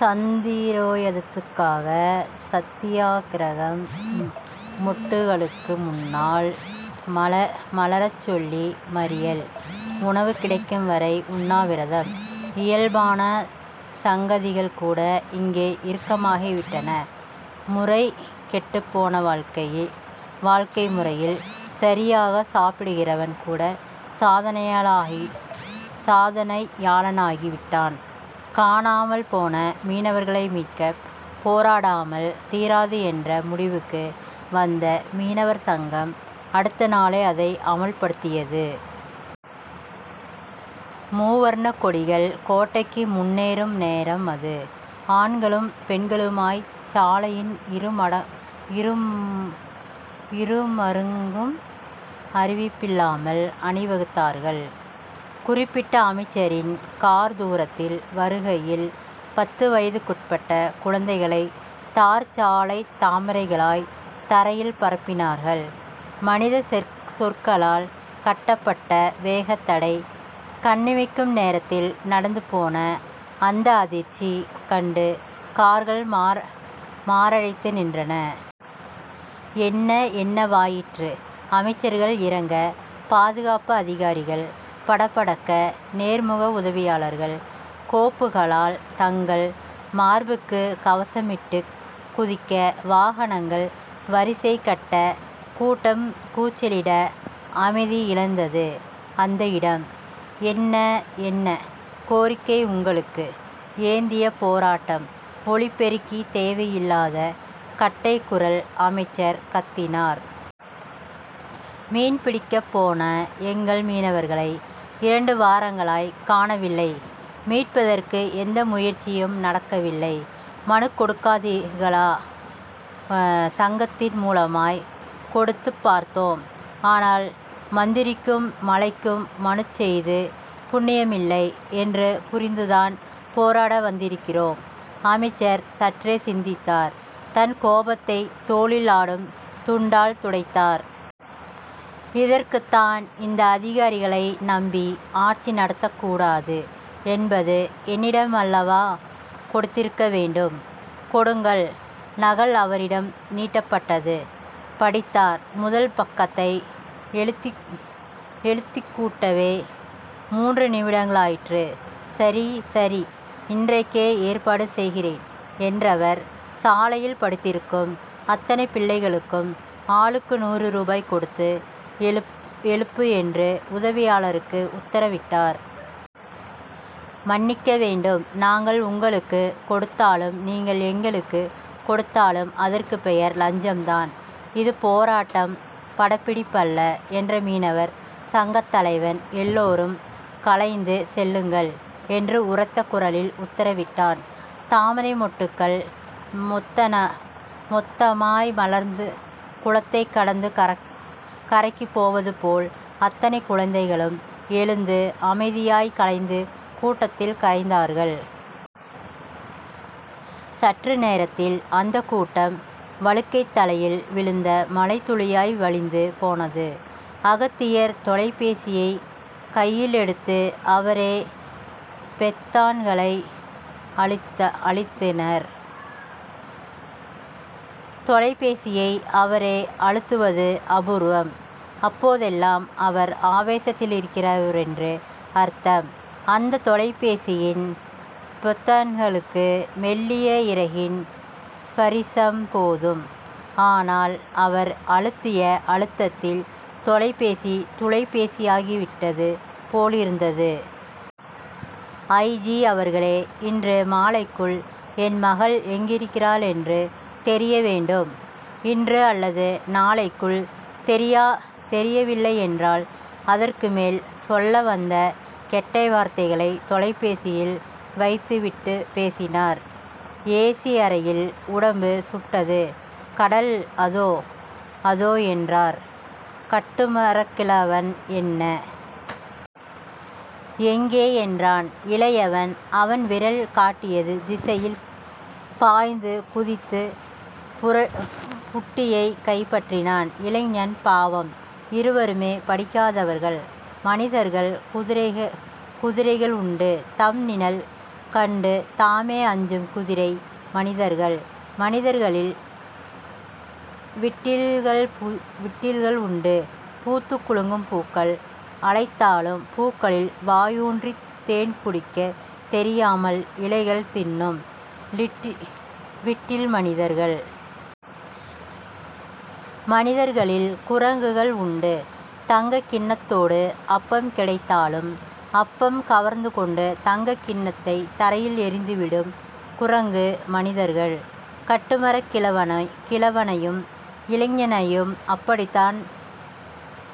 சந்திரோதயத்துக்காக சத்தியாக்கிரகம். மொட்டுகளுக்கு முன்னால் மலரச்சொல்லி மறியல். உணவு கிடைக்கும்வரை உண்ணாவிரதம். இயல்பான சங்கதிகள்கூட இங்கே இறுக்கமாகிவிட்டன. முறைகெட்டுப்போன வாழ்க்கை முறையில் சரியாகச் சாப்பிடுகிறவன்கூடச் சாதனையாளனாகி விட்டான். காணாமல் போன மீனவர்களை மீட்கப் போராடாமல் தீராது என்ற முடிவுக்கு வந்த மீனவர் சங்கம் அடுத்த நாளே அதை அமல்படுத்தியது. முவர்ணக்கொடிகள் கோட்டைக்கு முன்னேறும் நேரம் அது. ஆண்களும் பெண்களுமாய்ச் சாலையின் இருமருங்கும் அறிவிப்பில்லாமல் அணிவகுத்தார்கள். குறிப்பிட்ட அமைச்சரின் கார் தூரத்தில் வருகையில் பத்து வயதுக்குட்பட்ட குழந்தைகளைத் தார்ச்சாலைத் தாமரைகளாய்த் தரையில் பரப்பினார்கள். மனிதச் செங்சொற்களால் கட்டப்பட்ட வேகத்தடை. கண்ணிமைக்கும் நேரத்தில் நடந்துபோன அந்த அதிர்ச்சி கண்டு கார்கள் மாரடைத்து நின்றன. என்ன? என்னவாயிற்று? அமைச்சர்கள் இறங்க, பாதுகாப்பு அதிகாரிகள் படபடக்க நேர்முக உதவியாளர்கள் கோப்புகளால் தங்கள் மார்புக்குக் கவசமிட்டுக் குதிக்க, வாகனங்கள் வரிசைகட்ட, கூட்டம் கூச்சலிட அமைதி இழந்தது அந்த இடம். என்ன? என்ன கோரிக்கை உங்களுக்கு? ஏந்தியப் போராட்டம்? ஒலிபெருக்கி தேவையில்லாத கட்டைக்குரல் அமைச்சர் கத்தினார். மீன் பிடிக்கப் போன எங்கள் மீனவர்களை இரண்டு வாரங்களாய்க் காணவில்லை. மீட்பதற்கு எந்த முயற்சியும் நடக்கவில்லை. மனுக்கொடுக்காதீர்களா? சங்கத்தின் முலமாய்க் கொடுத்துப் பார்த்தோம். ஆனால், மந்திரிக்கும் மழைக்கும் மனுச்செய்து புண்ணியமில்லை என்று புரிந்துதான் போராட வந்திருக்கிறோம். அமைச்சர் சற்றே சிந்தித்தார். தன் கோபத்தைத் தோளில் ஆடும் துண்டால் துடைத்தார். இதற்குத்தான் இந்த அதிகாரிகளை நம்பி ஆட்சி நடத்தக்கூடாது என்பது. என்னிடமல்லவா கொடுத்திருக்க வேண்டும். கொடுங்கள். நகல் அவரிடம் நீட்டப்பட்டது. படித்தார். முதல் பக்கத்தை எழுத்திக்கூட்டவே மூன்று நிமிடமாயிற்று. சரி. சரி. இன்றைக்கே ஏற்பாடு செய்கிறேன் என்றவர், சாலையில் படுத்திருக்கும் அத்தனை பிள்ளைகளுக்கும் ஆளுக்கு நூறு ருபாய் கொடுத்து எழுப்பு என்று உதவியாளருக்கு உத்தரவிட்டார். மன்னிக்க வேண்டும் நாங்கள் உங்களுக்குக் கொடுத்தாலும் நீங்கள் எங்களுக்குக் கொடுத்தாலும் அதற்கு பெயர் லஞ்சம்தான். இது போராட்டம். படப்பிடிப்பல்ல. என்ற மீனவர் சங்கத்தலைவன், எல்லோரும் கலைந்து செல்லுங்கள் என்று உரத்த குரலில் உத்தரவிட்டான். தாமரை மொட்டுக்கள் மொத்தமாய் மலர்ந்து குளத்தைக் கடந்து கரைக்குப் போவது போல் அத்தனை குழந்தைகளும் எழுந்து அமைதியாய்க் கலைந்து கூட்டத்தில் கரைந்தார்கள். சற்று நேரத்தில் அந்தக்கூட்டம் வழுக்கைத் தலையில் விழுந்த மழைத்துளியாய் வழிந்து போனது. அகத்தியர் தொலைபேசியைக் கையிலெடுத்து அவரே பெத்தான்களை அழுத்தினர். தொலைபேசியை அவரே அழுத்துவது அபூர்வம். அப்போதெல்லாம் அவர் ஆவேசத்திலிருக்கிறாரென்று அர்த்தம். அந்தத் தொலைபேசியின் பொத்தான்களுக்கு மெல்லிய இறகின் ஸ்பரிசம் போதும். ஆனால், அவர் அழுத்திய அழுத்தலில் தொலைபேசி துளைபேசியாகிவிட்டது போலிருந்தது. ஐ. ஜி அவர்களே. இன்று மாலைக்குள், என் மகள் எங்கிருக்கிறாள் என்று தெரிய வேண்டும். இன்று அல்லது நாளைக்குள் தெரியவில்லையென்றால்... அதற்குமேல் சொல்ல வந்த கெட்டவார்த்தைகளைத் தொலைபேசியில் வைத்துவிட்டுப் பேசினார். ஏ. ஸி. அறையில் உடம்பு சுட்டது. கடல் அதோ. அதோ. என்றார் கட்டுமரக்கிழவன். என்ன? எங்கே? என்றான் இளையவன். அவன் விரல் காட்டியது திசையில் பாய்ந்து குதித்துப் புட்டியை கைப்பற்றினான் இளைஞன் பாவம். இருவருமே படிக்காதவர்கள் மனிதர்கள் குதிரைகள் உண்டு. தம் நிழல் கண்டு தாமே அஞ்சும் குதிரை மனிதர்கள். மனிதர்களில் விட்டில்கள் உண்டு. பூத்துக் குலுங்கும் பூக்கள் அழைத்தாலும் பூக்களில் வாயூன்றித் தேன்குடிக்கத் தெரியாமல் இலைகள் தின்னும் விட்டில் மனிதர்கள். மனிதர்களில் குரங்குகள் உண்டு. தங்கக் கிண்ணத்தோடு அப்பம் கிடைத்தாலும் அப்பம் கவர்ந்துகொண்டு தங்கக்கிண்ணத்தைத் தரையில் எறிந்துவிடும் குரங்குமனிதர்கள். கட்டுமரக் கிழவனையும் இளைஞனையும் அப்படித்தான்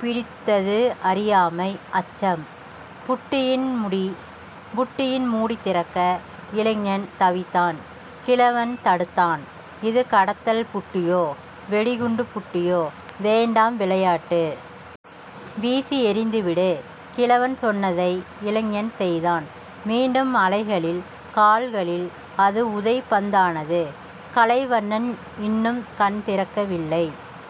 பிடித்தது அறியாமை அச்சம். புட்டியின் மூடி திறக்க இளைஞன் தவித்தான். கிழவன் தடுத்தான். இது கடத்தல் புட்டியோ. வெடிகுண்டுப் புட்டியோ. வேண்டாம் விளையாட்டு. வீசி எறிந்துவிடு. கிழவன் சொன்னதை இளைஞன் செய்தான். மீண்டும் அலைகளின் கால்களில் அது உதைபந்தானது. கலைவண்ணன் இன்னும் கண்திறக்கவில்லை.